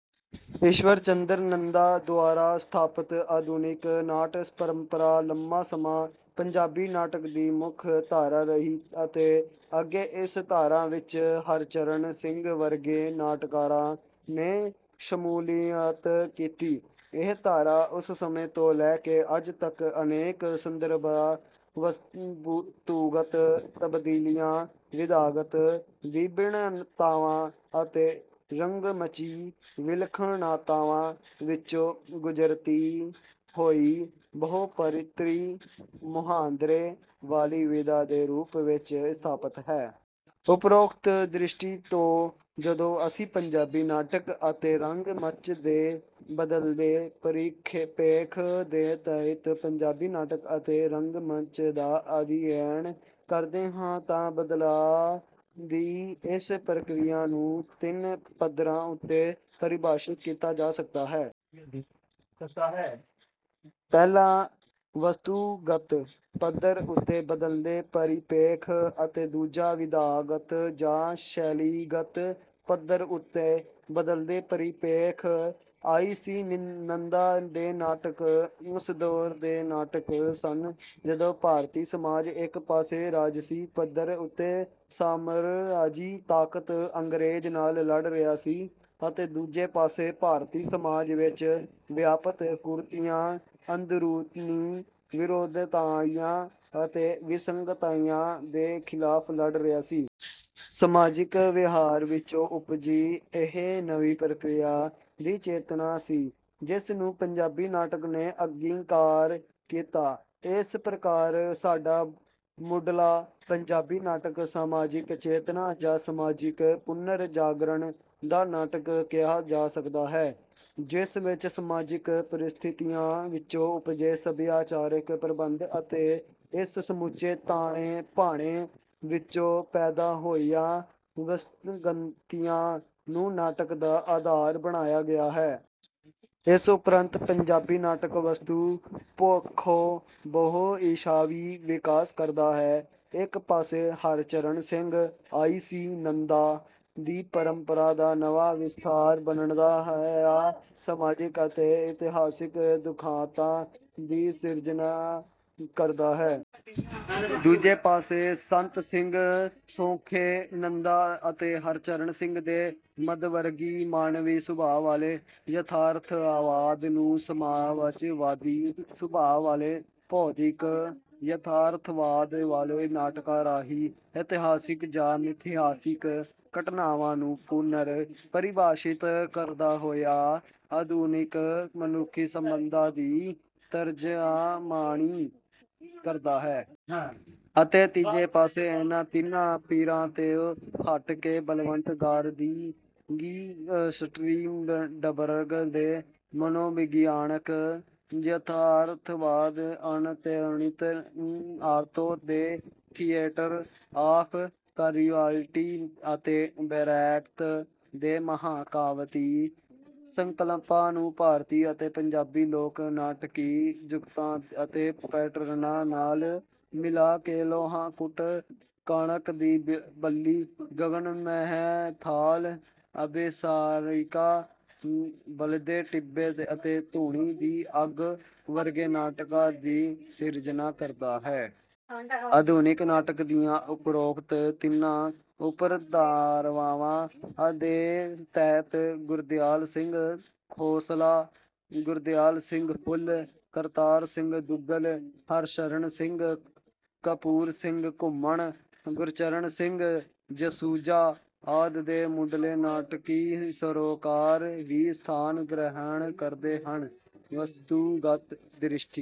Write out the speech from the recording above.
ਈਸ਼ਵਰ ਚੰਦਰ ਨੰਦਾ ਦੁਆਰਾ ਸਥਾਪਤ ਆਧੁਨਿਕ ਨਾਟ ਪਰੰਪਰਾ ਲੰਮਾ ਸਮਾਂ ਪੰਜਾਬੀ ਨਾਟਕ ਦੀ ਮੁੱਖ ਧਾਰਾ ਰਹੀ ਅਤੇ ਅੱਗੇ ਇਸ ਧਾਰਾ ਵਿੱਚ ਹਰਚਰਨ ਸਿੰਘ ਵਰਗੇ ਨਾਟਕਾਰਾਂ ਨੇ ਸ਼ਮੂਲੀਅਤ ਕੀਤੀ। ਇਹ ਧਾਰਾ ਉਸ ਸਮੇਂ ਤੋਂ ਲੈ ਕੇ ਅੱਜ ਤੱਕ ਅਨੇਕ ਸੰਦਰਭਾਂ, ਵਸਤੂਗਤ ਤਬਦੀਲੀਆਂ, ਵਿਧਾਗਤ ਵਿਭਿੰਨਤਾਵਾਂ ਅਤੇ ਰੰਗਮੰਚੀ ਵਿਲੱਖਣਤਾਵਾਂ ਵਿੱਚੋਂ ਗੁਜਰਦੀ ਹੋਈ ਬਹੁਪਰਤੀ ਮੁਹਾਂਦਰੇ ਵਾਲੀ ਵਿਧਾ ਦੇ ਰੂਪ ਵਿੱਚ ਸਥਾਪਤ ਹੈ। ਉਪਰੋਕਤ ਦ੍ਰਿਸ਼ਟੀ ਤੋਂ ਜਦੋਂ ਅਸੀਂ ਪੰਜਾਬੀ ਨਾਟਕ ਅਤੇ ਰੰਗ ਮੰਚ ਦੇ ਬਦਲਦੇ ਪਰਿਪੇਖ ਦੇ ਤਹਿਤ ਪੰਜਾਬੀ ਨਾਟਕ ਅਤੇ ਰੰਗਮੰਚ ਦਾ ਅਧਿਐਨ ਕਰਦੇ ਹਾਂ ਤਾਂ ਬਦਲਾਅ ਦੀ ਇਸ ਪ੍ਰਕਿਰਿਆ ਨੂੰ ਤਿੰਨ ਪੱਧਰਾਂ ਉੱਤੇ ਪਰਿਭਾਸ਼ਿਤ ਕੀਤਾ ਜਾ ਸਕਦਾ ਹੈ। ਪਹਿਲਾ ਵਸਤੂਗਤ ਪੱਧਰ ਉੱਤੇ ਬਦਲਦੇ ਪਰਿਪੇਖ ਅਤੇ ਦੂਜਾ ਵਿਧਾਗਤ ਜਾਂ ਸ਼ੈਲੀਗਤ ਪੱਧਰ ਉੱਤੇ ਬਦਲਦੇ ਪਰਿਪੇਖ। ਆਈ ਸੀ ਨੰਦਾ ਦੇ ਨਾਟਕ ਉਸ ਦੌਰ ਦੇ ਨਾਟਕ ਸਨ ਜਦੋਂ ਭਾਰਤੀ ਸਮਾਜ ਇੱਕ ਪਾਸੇ ਰਾਜਸੀ ਪੱਧਰ ਉੱਤੇ ਸਾਮਰਾਜੀ ਤਾਕਤ ਅੰਗਰੇਜ਼ ਨਾਲ ਲੜ ਰਿਹਾ ਸੀ ਅਤੇ ਦੂਜੇ ਪਾਸੇ ਭਾਰਤੀ ਸਮਾਜ ਵਿੱਚ ਵਿਆਪਤ ਕੁਰੀਤੀਆਂ, ਅੰਦਰੂਨੀ ਵਿਰੋਧਤਾਈਆਂ ਅਤੇ ਵਿਸੰਗਤੀਆਂ ਦੇ ਖਿਲਾਫ ਲੜ ਰਿਹਾ ਸੀ। ਸਮਾਜਿਕ ਵਿਹਾਰ ਵਿੱਚੋਂ ਉਪਜੀ ਇਹ ਨਵੀਂ ਪ੍ਰਕਾਰ ਦੀ ਚੇਤਨਾ ਸੀ ਜਿਸ ਨੂੰ ਪੰਜਾਬੀ ਨਾਟਕ ਨੇ ਅੰਗੀਕਾਰ ਕੀਤਾ। ਇਸ ਪ੍ਰਕਾਰ ਸਾਡਾ ਮੁਢਲਾ ਪੰਜਾਬੀ ਨਾਟਕ ਸਮਾਜਿਕ ਚੇਤਨਾ ਜਾਂ ਸਮਾਜਿਕ ਪੁਨਰ ਜਾਗਰਣ ਦਾ ਨਾਟਕ ਕਿਹਾ ਜਾ ਸਕਦਾ ਹੈ, ਜਿਸ ਵਿੱਚ ਸਮਾਜਿਕ ਪਰਿਸਥਿਤੀਆਂ ਵਿੱਚੋਂ ਉਪਜੇ ਸਭਿਆਚਾਰਕ ਪ੍ਰਬੰਧ ਅਤੇ ਇਸ ਸਮੁੱਚੇ ਤਾਣੇ-ਬਾਣੇ ਵਿੱਚੋਂ ਪੈਦਾ ਹੋਈਆਂ ਵਿਸੰਗਤੀਆਂ ਨੂੰ ਨਾਟਕ ਦਾ ਆਧਾਰ ਬਣਾਇਆ ਗਿਆ। ਇਸ ਉਪਰੰਤ ਪੰਜਾਬੀ ਨਾਟਕ ਵਸਤੂ ਪੱਖੋਂ ਬਹੁ ਦਿਸ਼ਾਵੀ ਵਿਕਾਸ ਕਰਦਾ ਹੈ। ਇੱਕ ਪਾਸੇ ਹਰਚਰਨ ਸਿੰਘ ਆਈ ਸੀ ਨੰਦਾ ਦੀ ਪਰੰਪਰਾ ਦਾ ਨਵਾਂ ਵਿਸਥਾਰ ਬਣਦਾ ਹੋਇਆ ਸਮਾਜਿਕ ਅਤੇ ਇਤਿਹਾਸਕ ਦੁਖਾਂਤਾਂ ਦੀ ਸਿਰਜਣਾ ਕਰਦਾ ਹੈ। ਦੂਜੇ ਪਾਸੇ ਸੰਤ ਸਿੰਘ ਸੇਖੋਂ ਨੰਦਾ ਅਤੇ ਹਰਚਰਨ ਸਿੰਘ ਦੇ ਮੱਧਵਰਗੀ ਮਾਨਵੀ ਸੁਭਾਅ ਵਾਲੇ ਯਥਾਰਥਵਾਦ ਨੂੰ ਸਮਾਜਵਾਦੀ ਸੁਭਾਅ ਵਾਲੇ ਬੌਧਿਕ ਯਥਾਰਥਵਾਦ ਵਾਲੇ ਨਾਟਕਾਂ ਰਾਹੀਂ ਇਤਿਹਾਸਕ ਜਾਂ ਮਿਥਿਹਾਸਕ ਘਟਨਾਵਾਂ ਨੂੰ ਪੁਨਰ ਪਰਿਭਾਸ਼ਿਤ ਕਰਦਾ ਹੋਇਆ ਆਧੁਨਿਕ ਮਨੁੱਖੀ ਸੰਬੰਧਾਂ ਦੀ ਤਰਜ਼ਮਾਨੀ ਕਰਦਾ ਹੈ। ਅਤੇ ਤੀਜੇ ਪਾਸੇ ਇਹਨਾਂ ਤਿੰਨਾਂ ਧਿਰਾਂ ਤੋਂ ਹਟ ਕੇ ਬਲਵੰਤ ਗਾਰਗੀ ਸਟਰਿੰਡਬਰਗ ਦੇ ਮਨੋਵਿਗਿਆਨਕ ਯਥਾਰਥਵਾਦ, ਐਨਤੋਨਿਨ ਆਰਤੋ ਦੇ ਥੀਏਟਰ ਆਫ਼ ਕਰੂਅਲਟੀ ਅਤੇ ਬਰੈਖਤ ਦੇ ਮਹਾਂਕਾਵਿਕ ਸੰਕਲਪਾਂ ਨੂੰ ਭਾਰਤੀ ਅਤੇ ਪੰਜਾਬੀ ਲੋਕ ਨਾਟਕੀ ਜੁਗਤਾਂ ਅਤੇ ਪੈਟਰਨਾਂ ਨਾਲ ਮਿਲਾ ਕੇ ਲੋਹਾ ਕੁੱਟ, ਕਣਕ ਦੀ ਬੱਲੀ, ਗਗਨ ਮਹਿ ਥਾਲ, ਅਭਿਸਾਰਿਕਾ, ਬਲਦੇ ਟਿੱਬੇ ਅਤੇ ਧੁਣੀ ਦੀ ਅੱਗ ਵਰਗੇ ਨਾਟਕਾਂ ਦੀ ਸਿਰਜਣਾ ਕਰਦਾ ਹੈ। ਆਧੁਨਿਕ ਨਾਟਕ ਦੀਆਂ ਉਪਰੋਕਤ ਤਿੰਨਾਂ ਉਪਧਾਰਾਵਾਂ ਦੇ ਤਹਿਤ ਗੁਰਦਿਆਲ ਸਿੰਘ ਖੋਸਲਾ, ਗੁਰਦਿਆਲ ਸਿੰਘ ਫੁੱਲ, ਕਰਤਾਰ ਸਿੰਘ ਦੁੱਗਲ, ਹਰਸ਼ਰਨ ਸਿੰਘ, ਕਪੂਰ ਸਿੰਘ ਘੁੰਮਣ, ਗੁਰਚਰਨ ਸਿੰਘ ਜਸੂਜਾ ਆਦਿ ਦੇ ਮੁਢਲੇ ਨਾਟਕੀ ਸਰੋਕਾਰ ਵੀ ਸਥਾਨ ਗ੍ਰਹਿਣ ਕਰਦੇ ਹਨ। ਵਸਤੂਗਤ ਦ੍ਰਿਸ਼ਟੀ